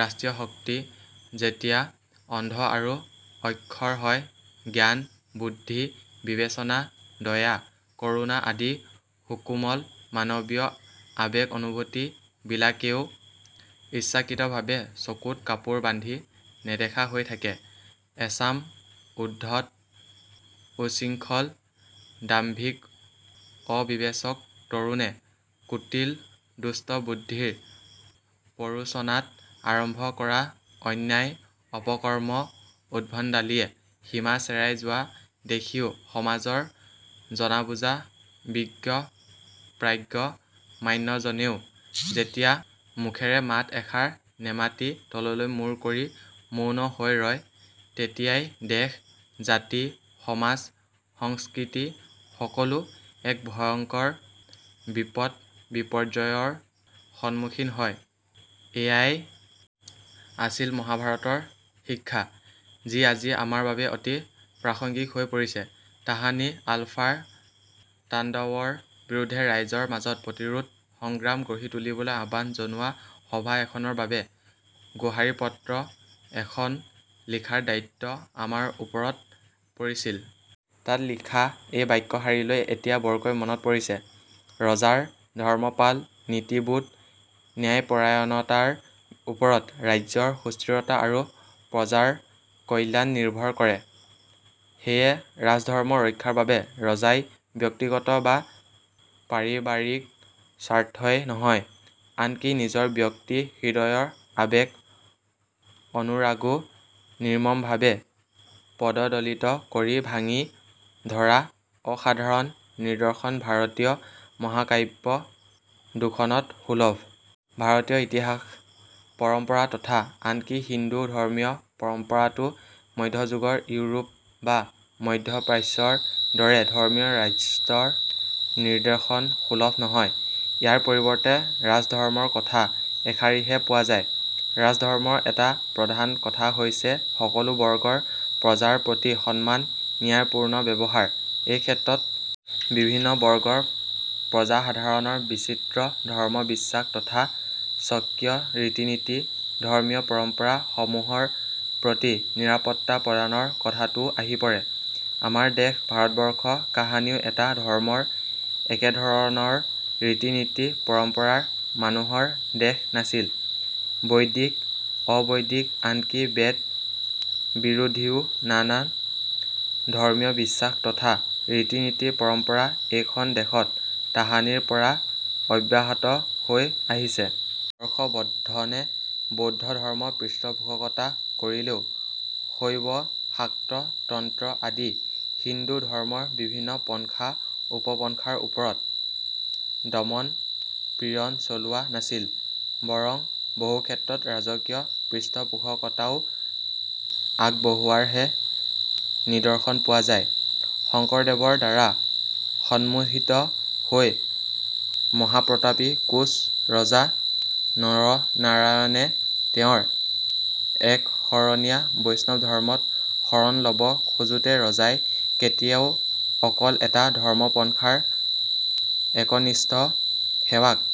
ৰাষ্ট্ৰশক্তি যেতিয়া অন্ধ আৰু অক্ষৰ হয়, জ্ঞান, বুদ্ধি, বিবেচনা, দয়া, কৰুণা আদি সুকোমল মানৱীয় আবেগ অনুভূতি বিলাকেও ইচ্ছাকৃতভাৱে চকুত কাপোৰ বান্ধি নেদেখা হৈ থাকে। এচাম উদ্ধত, উচ্ছৃঙ্খল, দাম্ভিক অবিবেচক তৰুণে কুটিল দুষ্টবুদ্ধিৰ প্ৰৰোচনাত আৰম্ভ কৰা অন্যায়, অপকৰ্ম, উদ্ভণ্ডালিয়ে সীমা চেৰাই যোৱা দেখিও সমাজৰ জনাবুজা বিজ্ঞ প্ৰাজ্ঞ মান্যজনেও যেতিয়া মুখেৰে মাত এষাৰ নেমাতি তললৈ মুৰ কৰি মৌন হৈ ৰয়, তেতিয়াই দেশ, জাতি, সমাজ, সংস্কৃতি সকলো এক ভয়ংকৰ বিপদ- বিপৰ্যয়ৰ সন্মুখীন হয়। এইয়াই আছিল মহাভাৰতৰ শিক্ষা, যি আজি আমাৰ বাবে অতি প্ৰাসংগিক হৈ পৰিছে। তাহানি আলফাৰ তাণ্ডৱৰ বিৰুদ্ধে ৰাইজৰ মাজত প্ৰতিৰোধ সংগ্ৰাম গঢ়ি তুলিবলৈ আহ্বান জনোৱা সভা এখনৰ বাবে গোহাৰিপত্ৰ এখন লিখাৰ দায়িত্ব আমাৰ ওপৰত পৰিছিল। তাত লিখা এই বাক্য শাৰীলৈ এতিয়া বৰকৈ মনত পৰিছে। ৰজাৰ ধৰ্মপাল, নীতিবোধ, ন্যায়পৰায়ণতাৰ ওপৰত ৰাজ্যৰ সুস্থিৰতা আৰু প্ৰজাৰ কল্যাণ নিৰ্ভৰ কৰে। সেয়ে ৰাজধৰ্ম ৰক্ষাৰ বাবে ৰজাই ব্যক্তিগত বা পাৰিবাৰিক স্বাৰ্থই নহয়, আনকি নিজৰ ব্যক্তি হৃদয়ৰ আবেগ- অনুৰাগো নিৰ্মমভাবে পদদলিত কৰি ভাঙি ধৰা অসাধাৰণ নিদৰ্শন ভাৰতীয় মহাকাব্য দুখনত সুলভ। ভাৰতীয় ইতিহাস, পৰম্পৰা তথা আনকি হিন্দু ধৰ্মীয় পৰম্পৰাতো মধ্যযুগৰ ইউৰোপ বা মধ্যপ্ৰাচ্যৰ দৰে ধৰ্মীয় ৰাষ্ট্ৰৰ নিদৰ্শন সুলভ নহয়। ইয়াৰ পৰিবৰ্তে ৰাজধৰ্মৰ কথা এষাৰিহে পোৱা যায়। ৰাজধৰ্মৰ এটা প্ৰধান কথা হৈছে সকলো বৰ্গৰ প্ৰজাৰ প্ৰতি সন্মান ন্যায়পুৰ্ণ ব্যৱহাৰ। এইক্ষেত্ৰত বিভিন্ন বৰ্গৰ প্ৰজাসাধাৰণৰ বিচিত্ৰ ধৰ্মবিশ্বাস তথা স্বকীয় ৰীতি নীতি, ধৰ্মীয় পৰম্পৰা সমুহৰ প্ৰতি নিৰপত্তা প্ৰদানৰ কথাটোও আহি পৰে। আমাৰ দেশ ভাৰতবৰ্ষ কাহানিও এটা ধৰ্মৰ, একেধৰণৰ ৰীতি নীতি পৰম্পৰাৰ মানুহৰ দেশ নাছিল। বৈদিক, অবৈদিক আনকি বেদ বিৰোধীও নানা ধৰ্মীয় বিশ্বাস তথা ৰীতি নীতি পৰম্পৰা এইখন দেশত তাহানিৰ পৰা অব্যাহত হৈ আহিছে। হৰ্ষবৰ্দ্ধনে বৌদ্ধ ধৰ্মৰ পৃষ্ঠপোষকতা কৰিলেও শৈৱ শাক্ত তন্ত্ৰ আদি হিন্দু ধৰ্মৰ বিভিন্ন পন্খা উপপনখাৰ ওপৰত দমন পীড়ন চলোৱা নাছিল। বৰং বহুক্ষেত্ৰত ৰাজকীয় পৃষ্ঠপোষকতাও আগবঢ়োৱাৰহে নিদৰ্শন পোৱা যায়। শঙ্কৰদেৱৰ দ্বাৰা সন্মোহিত হৈ মহাপ্ৰতাপী কোঁচ ৰজা নৰনাৰায়ণে তেওঁৰ একশৰণীয়া বৈষ্ণৱ ধৰ্মত শৰণ লব খোজোতে ৰজাই কেতিয়াও অকল এটা ধৰ্মপনখাৰ একনিষ্ঠ সেৱক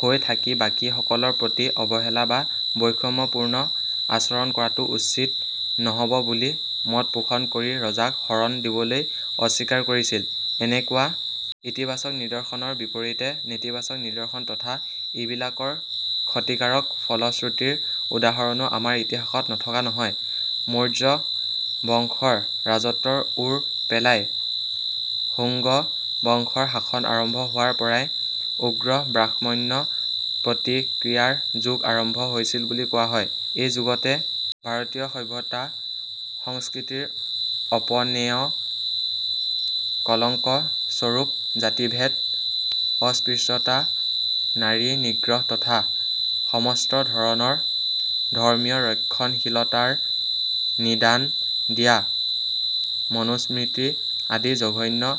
হৈ থাকি বাকী সকলৰ প্ৰতি অবহেলা বা বৈষম্যপুৰ্ণ আচৰণ কৰাটো উচিত নহ'ব বুলি মত পোষণ কৰি ৰজাক শৰন দিবলৈ অস্বীকাৰ কৰিছিল। এনেকুৱা ইতিবাচক নিদৰ্শনৰ বিপৰীতে নেতিবাচক নিদৰ্শন তথা ইবিলাকৰ ক্ষতিকাৰক ফলশ্ৰুতিৰ উদাহৰণো আমাৰ ইতিহাসত নথকা নহয়। মৌৰ্য বংশৰ ৰাজত্বৰ ওৰ পেলাই শুংগ বংশৰ শাসন আৰম্ভ হোৱাৰ পৰাই উগ্ৰ ব্ৰাহ্মন্য প্ৰতিক্ৰিয়াৰ যুগ আৰম্ভ হৈছিল বুলি কোৱা হয়। এইযুগতে ভাৰতীয় সভ্যতা সংস্কৃতিৰ অপনেয় কলংক স্বৰূপ জাতিভেদ, অস্পৃশ্যতা, নাৰী নিগ্ৰহ তথা সমস্ত ধৰণৰ ধৰ্মীয় ৰক্ষণশীলতাৰ নিদান দিয়া মনুস্মৃতি আদি জঘন্য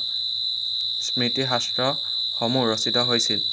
স্মৃতিশাস্ত্ৰ সমুহ ৰচিত হৈছিল।